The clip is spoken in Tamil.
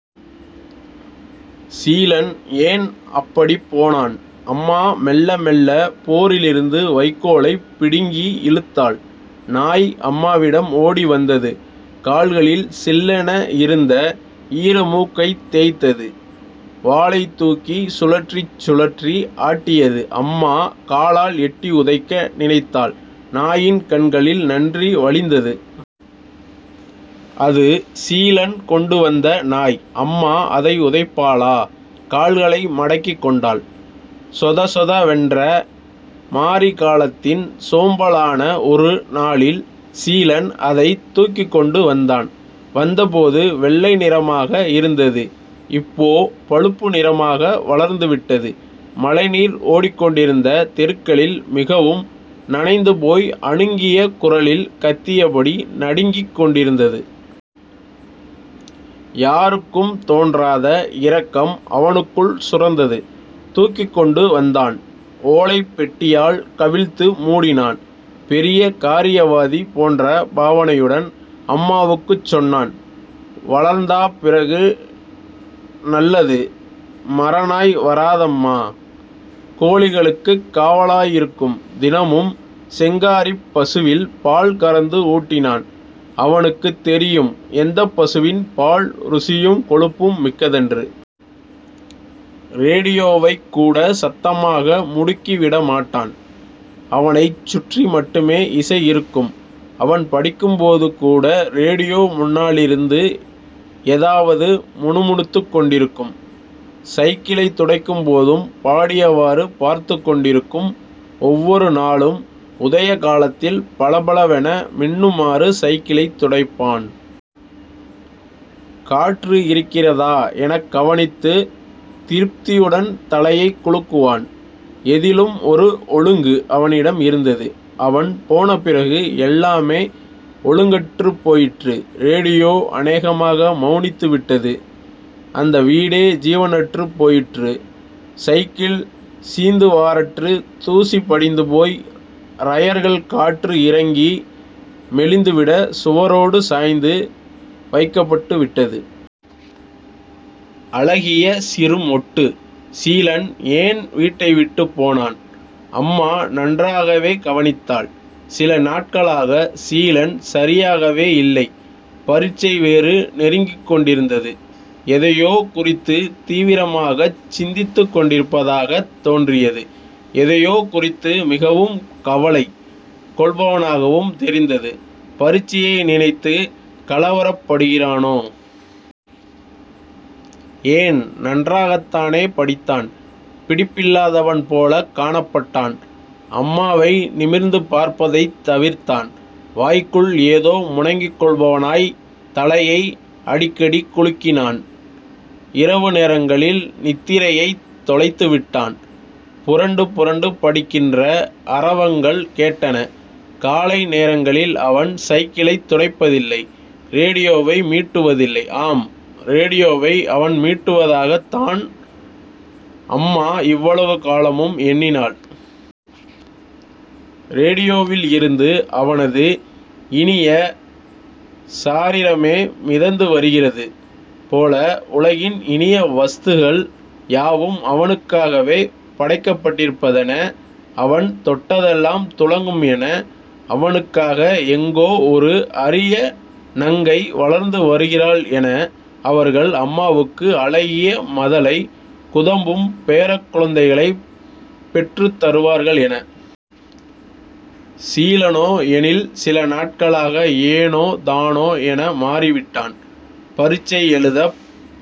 சீலன் ஏன் அப்படிப் போனான். அம்மா மெல்ல மெல்ல போரிலிருந்து வைக்கோலைப் பிடிங்கி இழுத்தாள். நாய் அம்மாவிடம் ஓடி வந்தது. கால்களில் சில்லென இருந்த ஈரமூக்கைத் தேய்த்தது. வாலைத்தூக்கி சுழற்றிச் சுழற்றி ஆட்டியது. அம்மா காலால் எட்டி உதைக்க நினைத்தாள். நாயின் கண்களில் நன்றி வழிந்தது. அது சீலன் கொண்டு வந்த நாய். அம்மா அதை உதைப்பாளா? கால்களை மடக்கிக் கொண்டாள். சொதசொத வென்ற மாரிகாலத்தின் சோம்பலான ஒரு நாளில் சீலன் அதைத் தூக்கிக்கொண்டு வந்தான். வந்தபோது வெள்ளைநிறமாக இருந்தது. இப்போ பழுப்பு நிறமாக வளர்ந்துவிட்டது. மழைநீர் ஓடிக்கொண்டிருந்த தெருக்களில் மிகவும் நனைந்துபோய் அனுங்கிய குரலில் கத்தியபடி நடுங்கிக் கொண்டிருந்தது. யாருக்கும் தோன்றாத இரக்கம் அவனுக்குள் சுரந்தது. தூக்கிக்கொண்டு வந்தான். ஓலைப் பெட்டியால் கவிழ்த்து மூடினான். பெரிய காரியவாதி போன்ற பாவனையுடன் அம்மாவுக்குச் சொன்னான். வளர்ந்தாப் பிறகு நல்லது... மரநாய் வராதம்மா.... கோழிகளுக்குக் காவலாயிருக்கும். தினமும் செங்காரிப் பசுவில் பால் கறந்து ஊட்டினான். அவனுக்குத் தெரியும் எந்தப் பசுவின் பால் ருசியும், கொழுப்பும் மிக்கதென்று. ரேடியோவைக் கூட சத்தமாக முடுக்கி விட மாட்டான். அவனைச் சுற்றி மட்டுமே இசை இருக்கும். அவன் படிக்கும்போது கூட ரேடியோ முன்னாலிருந்து எதாவது முணுமுணுத்துக் கொண்டிருக்கும். சைக்கிளைத் துடைக்கும் போதும் பாடியவாறு பார்த்துக் கொண்டிருக்கும் ஒவ்வொரு நாளும் உதயகாலத்தில் பளபள வென மின்னுமாறு சைக்கிளைத் துடைப்பான். காற்று இருக்கிறதா எனக் கவனித்து திருப்தியுடன் தலையைக் குலுக்குவான். எதிலும் ஒரு ஒழுங்கு அவனிடம் இருந்தது. அவன் போன பிறகு எல்லாமே ஒழுங்கற்றுப் போயிற்று. ரேடியோ அநேகமாக மெளனித்து விட்டது. அந்த வீடே ஜீவனற்றுப் போயிற்று. சைக்கிள் சீந்துவாரற்று தூசி படிந்துபோய் ரயர்கள் காற்று இறங்கி மெலிந்துவிட சுவரோடு சாய்ந்து வைக்கப்பட்டு விட்டது. அழகிய சிறு மொட்டு. சீலன் ஏன் வீட்டை விட்டுப் போனான்? அம்மா நன்றாகவே கவனித்தாள். சில நாட்களாக சீலன் சரியாகவே இல்லை. பரிட்சை வேறு நெருங்கிக் கொண்டிருந்தது. எதையோ குறித்து தீவிரமாகச் சிந்தித்துக் கொண்டிருப்பதாகத் தோன்றியது; எதையோ குறித்து மிகவும் கவலை கொள்பவனாகவும் தெரிந்தது. பரிட்சையை நினைத்துக் கலவரப் படுகிறானே? ஏன் நன்றாகத்தானே படித்தான் பிடிப்பில்லாதவன் போலக் காணப்பட்டான். அம்மாவை நிமிர்ந்து பார்ப்பதைத் தவிர்த்தான். வாய்க்குள் ஏதோ முனகிக்கொள்பவனாய் தலையை அடிக்கடிகுலுக்கினான். இரவுநேரங்களில் நித்திரையைத் தொலைத்து விட்டான். புரண்டு புரண்டு படுக்கின்ற அரவங்கள் கேட்டன. காலை நேரங்களில் அவன் சைக்கிளைத் துடைப்பதில்லை. ரேடியோவை மீட்டுவதில்லை. ஆம் ரேடியோவை அவன் மீட்டுவதாகத் தான் அம்மா இவ்வளவு காலமும் எண்ணினாள். ரேடியோவில் இருந்து அவனது இனிய சாரிரமே மிதந்து வருகிறது போல... உலகின் இனிய வஸ்துகள் யாவும் அவனுக்காகவே படைக்கப்பட்டிருப்பதென.... அவன் தொட்டதெல்லாம் துலங்கும் என.... அவனுக்காக எங்கோ ஒரு அரிய நங்கை வளர்ந்து வருகிறாள் என... அவர்கள் அம்மாவுக்கு அழகிய மதலை குதம்பும் பேரக் குழந்தைகளைப் பெற்றுத் தருவார்கள் என.... சீலனோ எனில் சில நாட்களாக ஏனோ தானோ என மாறிவிட்டான். பரிட்சை எழுதப்